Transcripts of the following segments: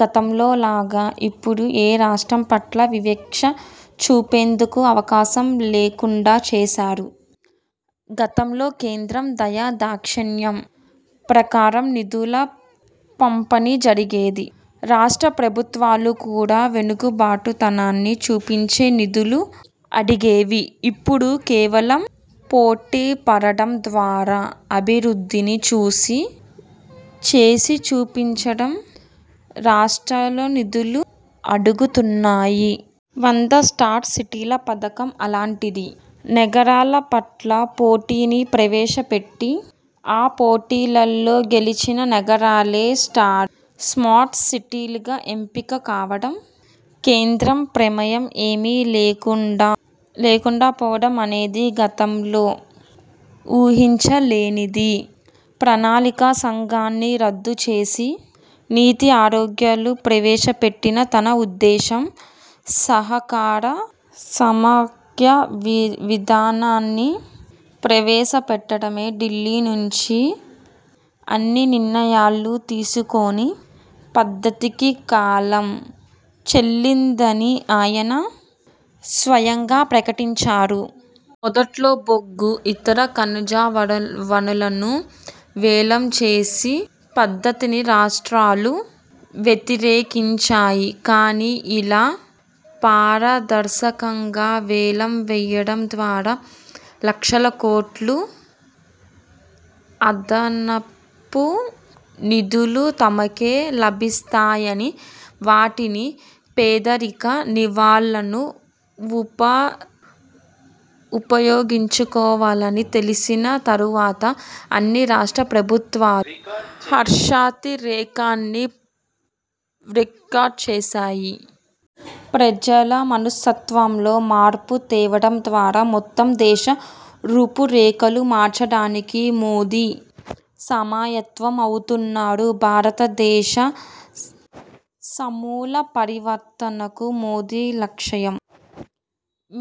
గతంలో లాగా ఇప్పుడు ఏ రాష్ట్రం పట్ల వివక్ష చూపేoదుకు అవకాశం లేకుండా చేశారు. గతంలో కేంద్రం దయాదాక్షణ్యం ప్రకారం నిధుల పంపిణీ జరిగేది. రాష్ట్ర ప్రభుత్వాలు కూడా వెనుకబాటుతనాన్ని చూపించే నిధులు అడిగేవి. ఇప్పుడు కేవలం పోటీపడడం ద్వారా, అభివృద్ధిని చేసి చూపించడం రాష్ట్రాలు నిధులు అడుగుతున్నాయి. వంద స్మార్ట్ సిటీల పథకం అలాంటిదే. నగరాల మధ్య పోటీలల్లో ప్రవేశపెట్టి, ఆ పోటీలో గెలిచిన నగరాలే స్మార్ట్ సిటీలుగా ఎంపిక కావడం, కేంద్రం ప్రమేయం ఏమీ లేకపోవడం అనేది గతంలో ఊహించలేనిది. ప్రణాళికా సంఘాన్ని రద్దు చేసి నీతి ఆరోగ్యలు ప్రవేశపెట్టడంలో తన ఉద్దేశం సహకార సమాఖ్య విధానాన్ని ప్రవేశపెట్టడమే, ఢిల్లీ నుంచే అన్ని నిర్ణయాలు తీసుకునే పద్ధతికి కాలం చెల్లిందని ఆయన స్వయంగా ప్రకటించారు. మొదట్లో బొగ్గు, ఇతర ఖనిజ వనలను వేలం చేసి పద్ధతిని రాష్ట్రాలు వ్యతిరేకించాయి. కాని ఇలా పారదర్శకంగా వేలం వేయడం ద్వారా లక్షల కోట్లు మేరకు అదనపు నిధులు తమకే లభిస్తాయని, వాటిని పేదరిక నివాలను ఉపయోగించుకోవాలని తెలిసిన తరువాత అన్ని రాష్ట్ర ప్రభుత్వాలు హర్షాతిరేకాన్ని వ్యక్క చేశాయి. ప్రజల మనస్తత్వంలో మార్పులు తేవడం ద్వారా మొత్తం దేశం రూపురేఖలు మార్చడానికి మోదీ సమాయత్తమవుతున్నారు. భారత దేశ సమూల పరివర్తనకు మోదీ లక్ష్యం.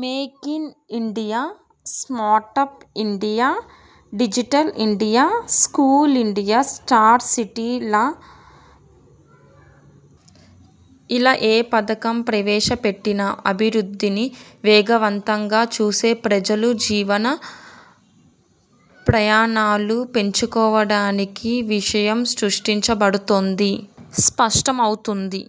Make in India, smart up India, digital India, school India, smart city లా ఏ పథకం ప్రవేశపెట్టినా, అభివృద్ధిని వేగవంతం చేసి ప్రజల జీవన ప్రయాణాలు పెంచేందుకేనన్న విషయం స్పష్టమవుతోంది.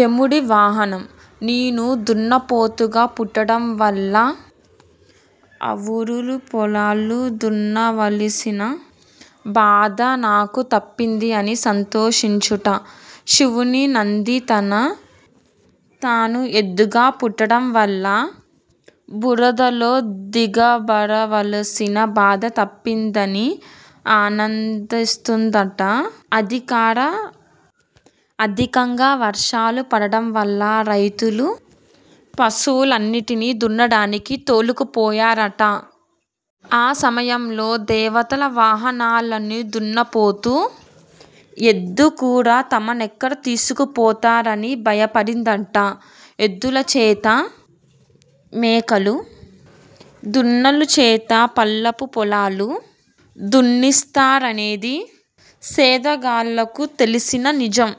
యముడి వాహనం- నేను దున్నపోతుగా పుట్టడం వల్ల మెరక పొలంలోని అవురు దుబ్బులు దున్నవలసిన బాధ నాకు తప్పింది అని సంతోషించిందట. శివుని నంది తాను ఎద్దుగా పుట్టడం వల్ల బురదలో దిగబడవలసిన బాధ తప్పిందని ఆనందిస్తున్నదట. అధికంగా వర్షాలు పడడంవల్ల రైతులు పశువులన్నిటినీ దున్నడానికి తోలుకుపోయారట. ఆ సమయంలో దేవతల వాహనాలయిన దున్నపోతు, ఎద్దు కూడా తమనెక్కడ తీసుకు పొతారని భయపడ్డాయట. ఎద్దుల చేత మెరకలు, దున్నల చేత పల్లపుపొలాలూ దున్నిస్తారనేది సేదగాళ్లకు తెలిసిన నిజం.